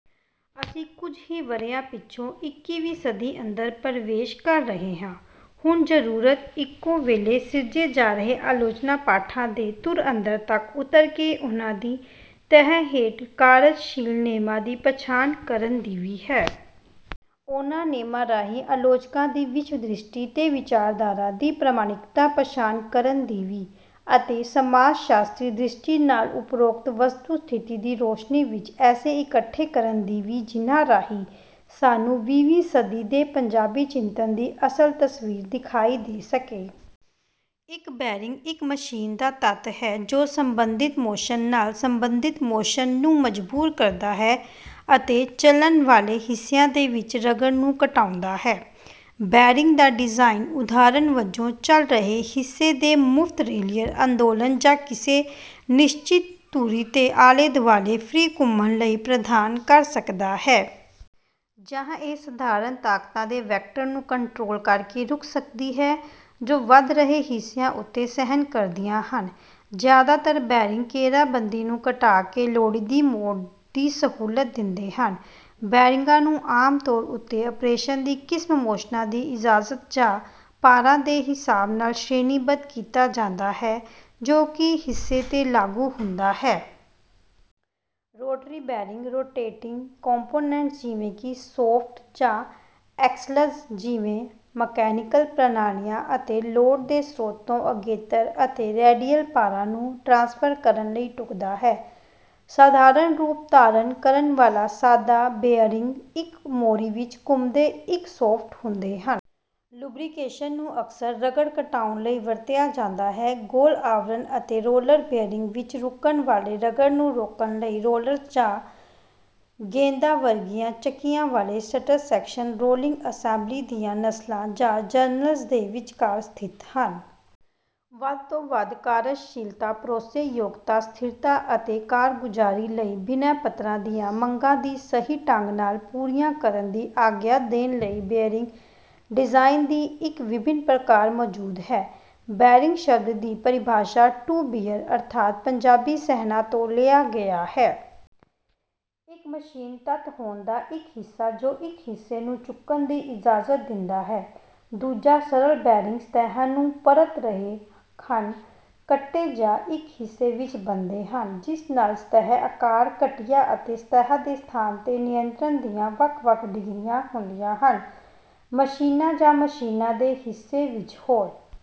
ਅਸੀਂ ਕੁਝ ਹੀ ਵਰ੍ਹਿਆਂ ਪਿੱਛੋਂ ਇੱਕੀ ਵੀਂ ਸਦੀ ਅੰਦਰ ਪ੍ਰਵੇਸ਼ ਕਰ ਰਹੇ ਹਾਂ। ਹੁਣ ਜ਼ਰੂਰਤ ਇੱਕੋ ਵੇਲੇ ਸਿਰਜੇ ਜਾ ਰਹੇ ਆਲੋਚਨਾ ਪਾਠਾਂ ਦੇ ਧੁਰ ਅੰਦਰ ਤੱਕ ਉੱਤਰ ਕੇ ਉਹਨਾਂ ਦੀ ਤਹਿ ਹੇਠ ਕਾਰਜਸ਼ੀਲ ਨੇਮਾਂ ਦੀ ਪਛਾਣ ਕਰਨ ਦੀ ਵੀ ਹੈ। ਉਨ੍ਹਾਂ ਨੇਮਾਂ ਰਾਹੀਂ ਆਲੋਚਕਾਂ ਦੀ ਵਿਸ਼ਵਦ੍ਰਿਸ਼ਟੀ ਤੇ ਵਿਚਾਰਧਾਰਾ ਦੀ ਪ੍ਰਮਾਣਿਕਤਾ ਪਛਾਣ ਕਰਨ ਦੀ ਵੀ ਅਤੇ ਸਮਾਜਸ਼ਾਸਤਰੀ ਦ੍ਰਿਸ਼ਟੀ ਨਾਲ ਉਪਰੋਕਤ ਵਸਤੂ ਸਥਿਤੀ ਦੀ ਰੌਸ਼ਨੀ ਵਿੱਚ ਐਸੇ ਇਕੱਠੇ ਕਰਨ ਦੀ ਵੀ ਜਿਨ੍ਹਾਂ ਰਾਹੀਂ ਸਾਨੂੰ ਵੀਹ ਵੀਂ ਸਦੀ ਦੇ ਪੰਜਾਬੀ ਚਿੰਤਨ ਦੀ ਅਸਲ ਤਸਵੀਰ ਦਿਖਾਈ ਦੇ ਸਕੇ। ਇੱਕ ਬੈਰਿੰਗ ਇੱਕ ਮਸ਼ੀਨ ਦਾ ਤੱਤ ਹੈ ਜੋ ਸੰਬੰਧਿਤ ਮੋਸ਼ਨ ਨਾਲ ਸੰਬੰਧਿਤ ਮੋਸ਼ਨ ਨੂੰ ਮਜਬੂਰ ਕਰਦਾ ਹੈ ਅਤੇ ਚਲਣ ਵਾਲੇ ਹਿੱਸਿਆਂ ਦੇ ਵਿੱਚ ਰਗੜ ਨੂੰ ਘਟਾਉਂਦਾ ਹੈ। ਬੈਰਿੰਗ ਦਾ ਡਿਜ਼ਾਈਨ ਉਦਾਹਰਣ ਵਜੋਂ ਚੱਲ ਰਹੇ ਹਿੱਸੇ ਦੇ ਮੁਫਤ ਰੇਲੀਅਰ ਅੰਦੋਲਨ ਜਾਂ ਕਿਸੇ ਨਿਸ਼ਚਿਤ ਧੁਰੀ ਦੇ ਆਲੇ ਦੁਆਲੇ ਫ੍ਰੀ ਘੁੰਮਣ ਲਈ ਪ੍ਰਦਾਨ ਕਰ ਸਕਦਾ ਹੈ। ਜਾਂ ਇਹ ਸਧਾਰਣ ਤਾਕਤਾਂ ਦੇ ਵੈਕਟਰ ਨੂੰ ਕੰਟਰੋਲ ਕਰਕੇ ਰੁਕ ਸਕਦੀ ਹੈ ਜੋ ਵਧ ਰਹੇ ਹਿੱਸਿਆਂ ਉੱਤੇ ਸਹਿਣ ਕਰਦੀਆਂ ਹਨ। ਜ਼ਿਆਦਾਤਰ ਬੈਰਿੰਗ ਘੇਰਾਬੰਦੀ ਨੂੰ ਘਟਾ ਕੇ ਲੋੜੀਦੀ ਮੋਡ ਦੀ ਸਹੂਲਤ ਦਿੰਦੇ ਹਨ। ਬੈਰਿੰਗਾਂ ਨੂੰ ਆਮ ਤੌਰ ਉੱਤੇ ਅਪਰੇਸ਼ਨ ਦੀ ਕਿਸਮ ਮੋਸ਼ਨਾਂ ਦੀ ਇਜਾਜ਼ਤ ਜਾਂ ਭਾਰਾਂ ਦੇ ਹਿਸਾਬ ਨਾਲ ਸ਼੍ਰੇਣੀਬੱਧ ਕੀਤਾ ਜਾਂਦਾ ਹੈ ਜੋ ਕਿ ਹਿੱਸੇ ਤੇ ਲਾਗੂ ਹੁੰਦਾ ਹੈ। ਰੋਟਰੀ ਬੈਰਿੰਗ ਰੋਟੇਟਿੰਗ ਕੰਪੋਨੈਂਟਸ ਜਿਵੇਂ ਕਿ ਸ਼ਾਫਟ ਜਾਂ ਐਕਸਲਜ਼ ਜਿਵੇਂ ਮਕੈਨੀਕਲ ਪ੍ਰਣਾਲੀਆਂ ਅਤੇ ਲੋਡ ਦੇ ਸਰੋਤ ਤੋਂ ਅਗੇਤਰ ਅਤੇ ਰੈਡੀਅਲ ਭਾਰਾਂ ਨੂੰ ਟਰਾਂਸਫਰ ਕਰਨ ਲਈ ਢੁਕਦਾ ਹੈ। ਸਾਧਾਰਣ ਰੂਪ ਧਾਰਨ ਕਰਨ ਵਾਲਾ ਸਾਦਾ ਬੇਅਰਿੰਗ ਇੱਕ ਮੋਰੀ ਵਿੱਚ ਘੁੰਮਦੇ ਇੱਕ ਸ਼ਾਫਟ ਹੁੰਦੇ ਹਨ। ਲੁਬਰੀਕੇਸ਼ਨ ਨੂੰ ਅਕਸਰ ਰਗੜ ਘਟਾਉਣ ਲਈ ਵਰਤਿਆ ਜਾਂਦਾ ਹੈ। ਗੋਲ ਆਵਰਣ ਅਤੇ ਰੋਲਰ ਬੇਅਰਿੰਗ ਵਿੱਚ ਰੁਕਣ ਵਾਲੇ ਰਗੜ ਨੂੰ ਰੋਕਣ ਲਈ ਰੋਲਰਸ ਜਾਂ ਗੇਂਦਾਂ ਵਰਗੀਆਂ ਚੱਕੀਆਂ ਵਾਲੇ ਸਟਰ ਸੈਕਸ਼ਨ ਰੋਲਿੰਗ ਅਸੈਂਬਲੀ ਦੀਆਂ ਨਸਲਾਂ ਜਾਂ ਜਰਨਲਜ਼ ਦੇ ਵਿਚਕਾਰ ਸਥਿਤ ਹਨ। ਵੱਧ ਤੋਂ ਵੱਧ ਕਾਰਜਸ਼ੀਲਤਾ ਭਰੋਸੇਯੋਗਤਾ ਸਥਿਰਤਾ ਅਤੇ ਕਾਰਗੁਜ਼ਾਰੀ ਲਈ ਬਿਨੈ ਪੱਤਰਾਂ ਦੀਆਂ ਮੰਗਾਂ ਦੀ ਸਹੀ ਢੰਗ ਨਾਲ ਪੂਰੀਆਂ ਕਰਨ ਦੀ ਆਗਿਆ ਦੇਣ ਲਈ ਬੇਅਰਿੰਗ ਡਿਜ਼ਾਈਨ ਦੀ ਇੱਕ ਵਿਭਿੰਨ ਪ੍ਰਕਾਰ ਮੌਜੂਦ ਹੈ। ਬੈਰਿੰਗ ਸ਼ਬਦ ਦੀ ਪਰਿਭਾਸ਼ਾ ਟੂ ਬੀਅਰ ਅਰਥਾਤ ਪੰਜਾਬੀ ਸਹਿਣਾ ਤੋਂ ਲਿਆ ਗਿਆ ਹੈ। ਇੱਕ ਮਸ਼ੀਨ ਤੱਤ ਹੋਣ ਦਾ ਇੱਕ ਹਿੱਸਾ ਜੋ ਇੱਕ ਹਿੱਸੇ ਨੂੰ ਚੁੱਕਣ ਦੀ ਇਜਾਜ਼ਤ ਦਿੰਦਾ ਹੈ। ਦੂਜਾ ਸਰਲ ਬੈਰਿੰਗ ਸਤਹਾਂ ਨੂੰ ਪਰਤ ਰਹੇ ਹਨ ਕੱਟੇ ਜਾਂ ਇੱਕ ਹਿੱਸੇ ਵਿੱਚ ਬਣਦੇ ਹਨ ਜਿਸ ਨਾਲ ਸਤਹ ਆਕਾਰ ਘਟੀਆ ਅਤੇ ਸਤ੍ਹਾ ਦੇ ਸਥਾਨ ਤੇ ਨਿਯੰਤਰਣ ਦੀਆਂ ਵੱਖ ਵੱਖ ਡਿਗਰੀਆਂ ਹੁੰਦੀਆਂ ਹਨ। ਮਸ਼ੀਨਾਂ ਜਾਂ ਮਸ਼ੀਨਾਂ ਦੇ ਹਿੱਸੇ ਵਿੱਚ ਹੋਰ